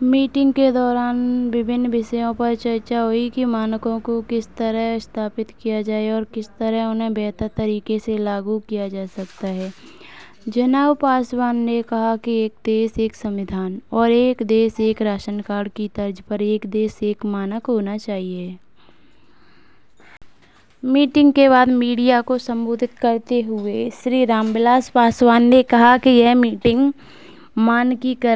Meeting کے دوران مختلف موضوعات پر مباحثہ ہوا کہ معیارات کس طرح قائم کیے جائیں اور کس طرح انہیں بہتر طریقے سے نافذ یا لاگو کیا جا سکتا ہے۔ جناب پاسوان نے کہا کہ ایک ملک ایک آئین اور ایک ملک ایک راشن کارڈ کی طرز پر ایک ملک ایک معیار ہونا چاہیے۔ میٹنگ کے بعد میڈیا سے خطاب کرتے ہوئے جناب رام ولاس پاسوان نے کہا کہ یہ میٹنگ معیار بندی کے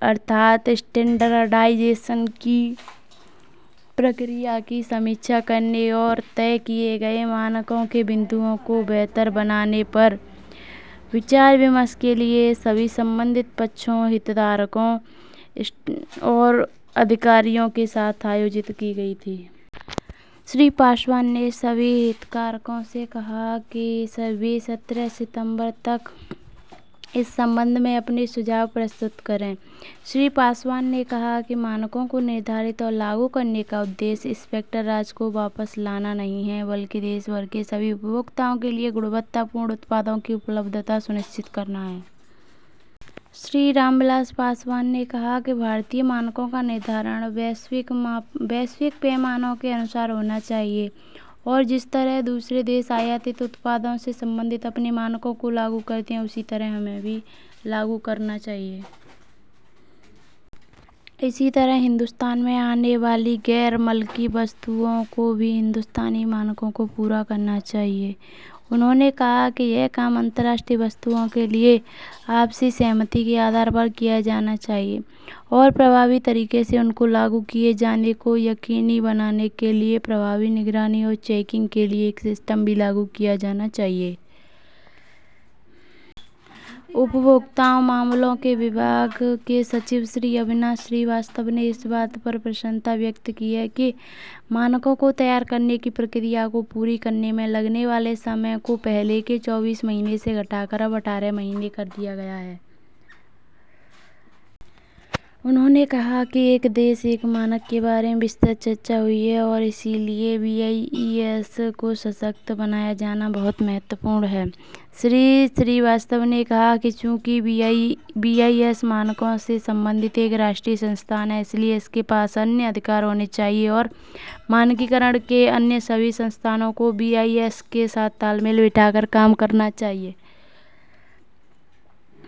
عمل کا جائزہ لینے اور طے شدہ معیارات کے نفاذ کو بہتر بنانے پر غور و خوض کے لیے تمام متعلقین، ضابطہ کاروں اور افسروں کے ساتھ منعقد کی گئی۔ جناب پاسوان نے تمام متعلقین سے کہا کہ وہ سترہ ستمبر تک اس سلسلے میں اپنی تجاویز پیش کریں۔ جناب پاسوان نے کہا کہ معیارات کا تعین اور انہیں نافذ کرنے کا مقصد انسپکٹر راج کو واپس لانا نہیں بلکہ ملک بھر کے تمام صارفین کو معیاری مصنوعات کی دستیابی کو یقینی بنانا ہے۔ جناب رام ولاس پاسوان نے کہا کہ ہندوستانی معیارات کا تعین عالمی پیمانوں کے مطابق ہونا چاہیے اور جس طرح دوسرے ملک درآمد شدہ مصنوعات سے متعلق اپنے معیارات کو نافذ کرتے ہیں، اسی طرح ہمیں بھی کرنا چاہیے۔ اسی طرح ہندوستان میں آنے والی غیر ملکی اشیا کو بھی ہندوستانی معیارات کو پورا کرنا چاہیے۔ انہوں نے کہا کہ یہ کام بین الاقوامی اشیا کے لیے باہمی رضامندی کی بنیاد پر کیا جانا چاہیے اور مؤثر طریقے سے ان کو نافذ کیے جانے کو یقینی بنانے کے لیے مؤثر نگرانی اور چیکنگ کے لیے ایک نظام بھی نافذ کیا جانا چاہیے۔ محکمہ امور صارفین کے سکریٹری جناب اویناش کے شریواستو نے اس بات پر خوشی کا اظہار کیا کہ معیارات تیار کرنے کے عمل کو مکمل کرنے میں لگنے والی مدت کو پہلے کے چوبیس ماہ سے کم کرکے اب اٹھارہ ماہ کر دیا گیا ہے۔ انہوں نے کہا کہ ایک ملک ایک معیار کے بارے میں مفصل مباحثے ہوئے ہیں اور اسی لیے بی آئی ایس کو بااختیار بنایا جانا بہت اہم ہے۔ جناب شریواستو نے کہا کہ بی آئی ایس چونکہ معیارات سے متعلق ایک قومی ادارہ ہے، اس لیے اس کے پاس باقی اختیارات ہونے چاہئیں اور معیار سازی کے دیگر تمام اداروں کو بی آئی ایس کے ساتھ تال میل کرتے ہوئے کام کرنا چاہیے۔